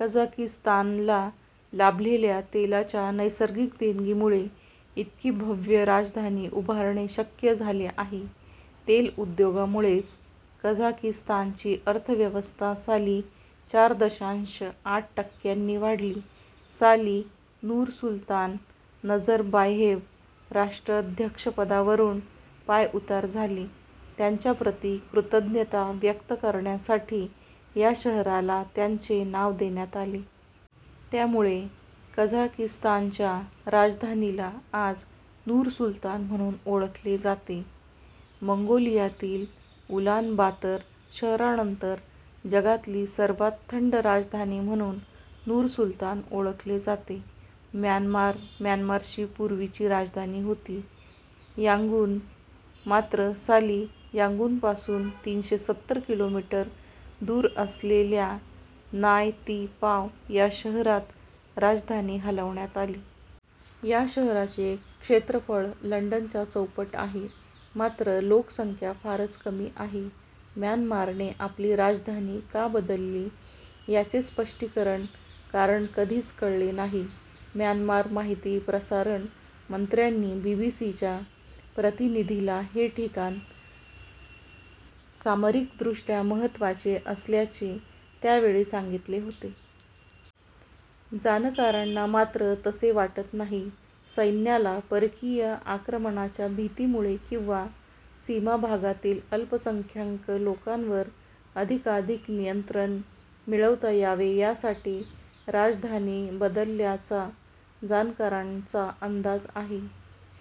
कझाकिस्तानला लाभलेल्या तेलाच्या नैसर्गिक देणगीमुळे इतकी भव्य राजधानी उभारणे शक्य झाले आहे. तेल उद्योगामुळेच कझाकिस्तानची अर्थव्यवस्था साली चार दशांश आठ टक्क्यांनी वाढली. साली नूरसुलतान नझरबायेव्ह राष्ट्राध्यक्षपदावरून पायउतार झाले. त्यांच्याप्रति कृतज्ञता व्यक्त करण्यासाठी या शहराला त्यांचे नाव देण्यात आले. त्यामुळे कझाकिस्तानच्या राजधानीला आज नूर-सुलतान म्हणून ओळखले जाते. मंगोलियातील उलानबातर शहरानंतर जगातली सर्वांत थंड राजधानी म्हणून नूर-सुलतान ओळखले जाते. म्यानमार म्यानमारची पूर्वीची राजधानी होती यांगून. मात्र, साली यांगूनपासून तीनशे सत्तर किलोमीटर दूर असलेल्या नाय पी ताव या शहरात राजधानी हलवण्यात आली. या शहराचे क्षेत्रफळ लंडनच्या चौपट आहे. मात्र, लोकसंख्या फारच कमी आहे. म्यानमारने आपली राजधानी का बदलली याचे स्पष्ट कारण कधीच कळले नाही. म्यानमारच्या माहिती-प्रसारण मंत्र्यांनी बीबीसीच्या प्रतिनिधीला हे ठिकाण सामरिकदृष्ट्या महत्त्वाचे असल्याचे त्यावेळी सांगितले होते. जाणकारांना मात्र तसे वाटत नाही. सैन्याला परकीय आक्रमणाच्या भीतीमुळे किंवा सीमाभागातील अल्पसंख्याक लोकांवर अधिकाधिक नियंत्रण मिळवता यावे, यासाठी राजधानी बदलल्याचा जाणकारांचा अंदाज आहे.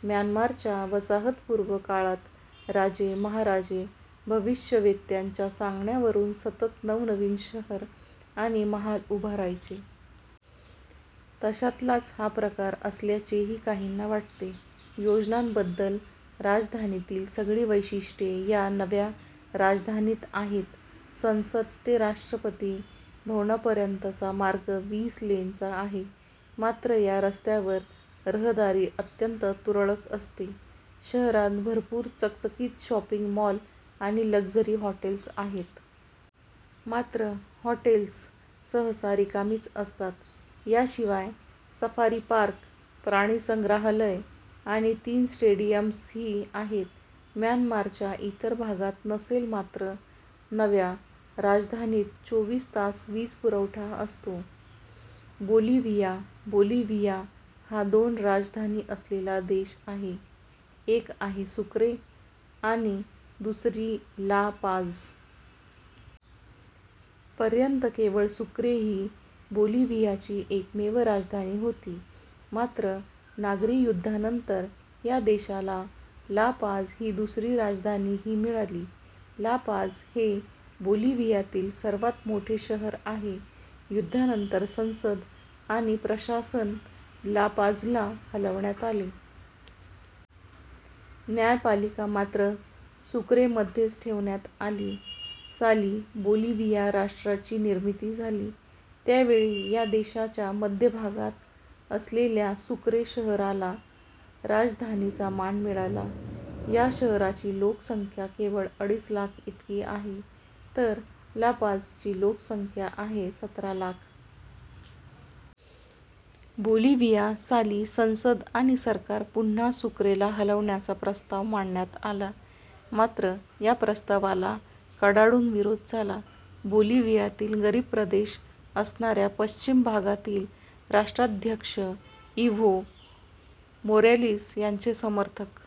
म्यानमारच्या वसाहतपूर्व काळात राजे-महाराजे भविष्यवेत्त्यांच्या सांगण्यावरून सतत नवनवीन शहर आणि महाल उभारायचे. तशातलाच हा प्रकार असल्याचेही काहींना वाटते. योजनाबद्ध राजधानीतील सगळी वैशिष्ट्ये या नव्या राजधानीत आहेत. संसद ते राष्ट्रपती भवनापर्यंतचा मार्ग वीस लेनचा आहे. मात्र, या रस्त्यावर रहदारी अत्यंत तुरळक असते. शहरात भरपूर चकचकीत शॉपिंग मॉल आणि लक्झरी हॉटेल्स आहेत. मात्र, हॉटेल्स सहसा रिकामीच असतात. याशिवाय, सफारी पार्क, प्राणीसंग्रहालय आणि तीन स्टेडियम्सही आहेत. म्यानमारच्या इतर भागात नसेल मात्र, नव्या राजधानीत चोवीस तास वीजपुरवठा असतो. बोलिव्हिया बोलिव्हिया हा दोन राजधानी असलेला देश आहे. एक आहे सुक्रे आणि दुसरी ला पाझ. पर्यंत केवळ सुक्रे ही बोलिव्हियाची एकमेव राजधानी होती. मात्र, नागरी युद्धानंतर या देशाला ला पाझ ही दुसरी राजधानीही मिळाली. ला पाझ हे बोलिव्हियातील सर्वांत मोठे शहर आहे. युद्धानंतर संसद आणि प्रशासन ला पाझला हलवण्यात आले. न्यायपालिका मात्र सुक्रेमध्येच ठेवण्यात आली. साली बोलिव्हिया राष्ट्राची निर्मिती झाली. त्यावेळी या देशाच्या मध्य भागात असलेल्या सुक्रे शहराला राजधानीचा मान मिळाला. या शहराची लोकसंख्या केवळ अडीच लाख इतकी आहे. तर ला पाझची लोकसंख्या आहे सतरा लाख. बोलिव्हिया साली संसद आणि सरकार पुन्हा सुक्रेला हलवण्याचा प्रस्ताव मांडण्यात आला. मात्र या प्रस्तावाला कडाडून विरोध झाला. बोलिव्हियातील गरीब प्रदेश असणाऱ्या पश्चिम भागातील राष्ट्राध्यक्ष इव्हो मोरॅलिस यांचे समर्थक